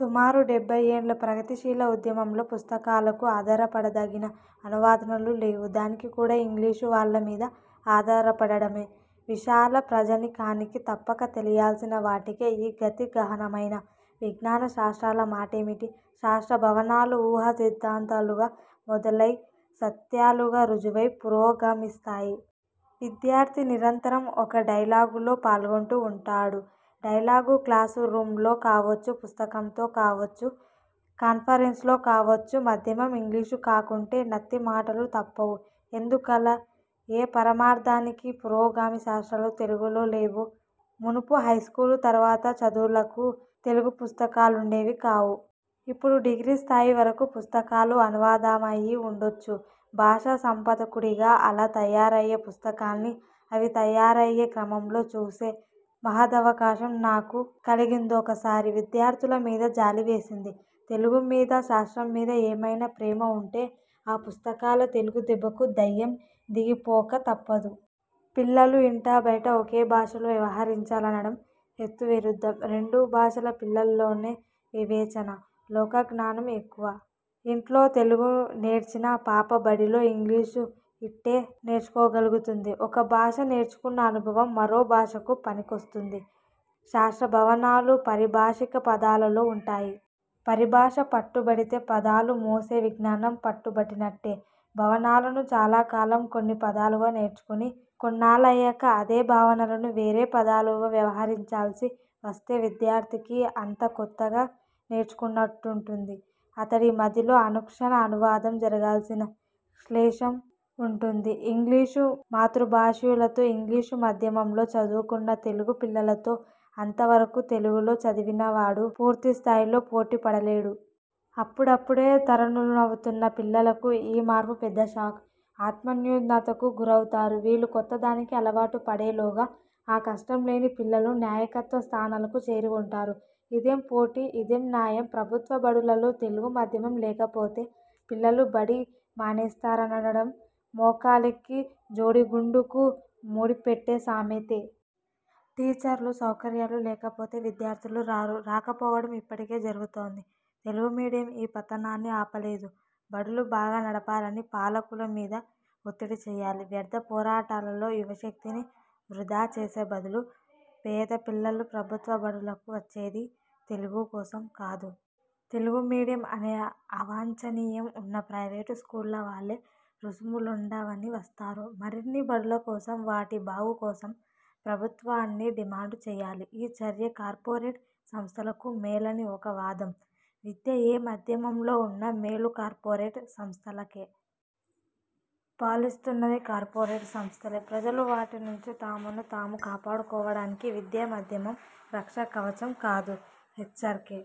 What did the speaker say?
సుమారు డెభ్భై ఏండ్ల ప్రగతిశీల ఉద్యమంలో పుస్తకాలకు ఆధారపడదగిన అనువాదాలు లేవు. దానికి కూడా 'ఇంగ్లీషు' వాళ్ళ మీద ఆధారపడడమే. విశాల ప్రజానీకానికి తప్పక తెలియాల్సిన వాటికే ఈ గతి గహనమైన విజ్ఞాన శాస్త్రాల మాటేమిటి? శాస్త్ర 'భావన'లు ఊహా సిద్ధాంతాలుగా మొదలై, సత్యాలుగా రుజువై పురోగమిస్తాయి. విద్యార్థి నిరంతరం ఒక డైలాగులో పాల్గొంటూ వుంటాడు. డైలాగు క్లాసు రూంలో కావొచ్చు, పుస్తకంతో కావొచ్చు. కాన్ఫరెన్సులో కావొచ్చు. మాధ్యమం ఇంగ్లీషు కాకుంటే నత్తి మాటలు తప్పవు. ఎందుకలా? ఏ పరమార్థానికి? పురోగామి శాస్త్రాలు తెలుగులో లేవు. మునుపు హైస్కూలు తరువాత చదువులకు తెలుగు పుస్తకాలుండేవి కావు. ఇప్పుడు డిగ్రీ స్థాయి వరకు పుస్తకాలు అనువాదమయి వుండొచ్చు. 'భాషా సంపాదకుడి'గా అలా తయారయ్యే పుస్తకాల్ని, అవి తయారయ్యే క్రమంలో చూసే మహదవకాశం నాకు కలిగిందొకసారి. విద్యార్థుల మీద జాలి వేసింది. తెలుగు మీద, శాస్త్రం మీద ఏమైనా ప్రేమ వుంటే, ఆ పుస్తకాల తెలుగు దెబ్బకు దయ్యం దిగిపోక తప్పదు. పిల్లలు ఇంటా బయటా ఒకే భాషలో వ్యవహరించాలనడం హేతు విరుద్ధం. రెండు భాషల పిల్లల్లోనే వివేచన, లోకజ్ఞానం ఎక్కువ. ఇంట్లో తెలుగు నేర్చిన పాప బడిలో ఇంగ్లీషు ఇట్టే నేర్చుకోగలుగుతుంది. ఒక భాష నేర్చుకున్న అనుభవం మరో భాషకు పనికొస్తుంది. శాస్త్ర భావనలు పారిభాషిక పదాలలో వుంటాయి. పరిభాష పట్టుబడితే పదాలు మోసే విజ్ఞానం పట్టుబడినట్టే. భావనలను చాలా కాలం కొన్ని పదాలుగా నేర్చుకుని, కొన్నాళ్ళయ్యాక అదే భావనలను వేరే పదాలుగా వ్యవహరించాల్సి వస్తే విద్యార్థికి అంతా కొత్తగా నేర్చుకున్నట్టుంటుంది. అతడి మదిలో అనుక్షణ అనువాదం జరగాల్సిన క్లేశం వుంటుంది. ఇంగ్లీషు-మాతృభాషీయులతో, ఇంగ్లీషు మాధ్యమంలో చదువుకున్న తెలుగు పిల్లలతో అంత వరకు తెలుగులో చదివినవాడు పూర్తి స్థాయిలో పోటీ పడలేడు. అప్పుడప్పుడే తరుణులవుతున్న పిల్లలకు ఈ మార్పు పెద్ద షాక్. ఆత్మన్యూనతకు గురవుతారు. వీళ్లు కొత్తదానికి అలవాటు పడేలోగా ఆ కష్టం లేని పిల్లలు నాయకత్వ స్థానాలకు చేరి వుంటారు. ఇదేం పోటీ? ఇదేం న్యాయం? ప్రభుత్వ బడులలో తెలుగు మాధ్యమం లేకపోతే పిల్లలు బడి మానేస్తారననడం మోకాలికి బోడిగుండుకు ముడి పెట్టే సామెతే. టీచర్లు, సౌకర్యాలు లేకపోతే విద్యార్థులు రారు. రాకపోవడం ఇప్పటికే జరుగుతోంది. 'తెలుగు మీడియం' ఈ పతనాన్ని ఆపలేదు. బడులు బాగా నడపాలని పాలకుల మీద ఒత్తిడి చేయాలి, వ్యర్థ పోరాటాలలో యువశక్తిని వృథా చేసే బదులు. పేద పిల్లలు ప్రభుత్వ బడులకు వచ్చేది తెలుగు కోసం కాదు. తెలుగు మీడియం అనే 'అవాంఛనీయం' వున్నా ప్రైవేటు స్కూళ్ల వలె రుసుములుండవని వస్తారు. మరిన్ని బడుల కోసం, వాటి బాగు కోసం ప్రభుత్వాన్ని డిమాండు చేయాలి. ఈ చర్య కార్పొరేట్ సంస్థలకు మేలని ఒక వాదం. విద్య ఏ మాధ్యమంలో వున్నా మేలు కార్పొరేట్ సంస్థలకే. పాలిస్తున్నది కార్పొరేట్ సంస్థలే. ప్రజలు వాటి నుంచి తమను తాము కాపాడుకోడానికి విద్యా మాధ్యమం రక్షా కవచం కాదు. హెచ్చార్కె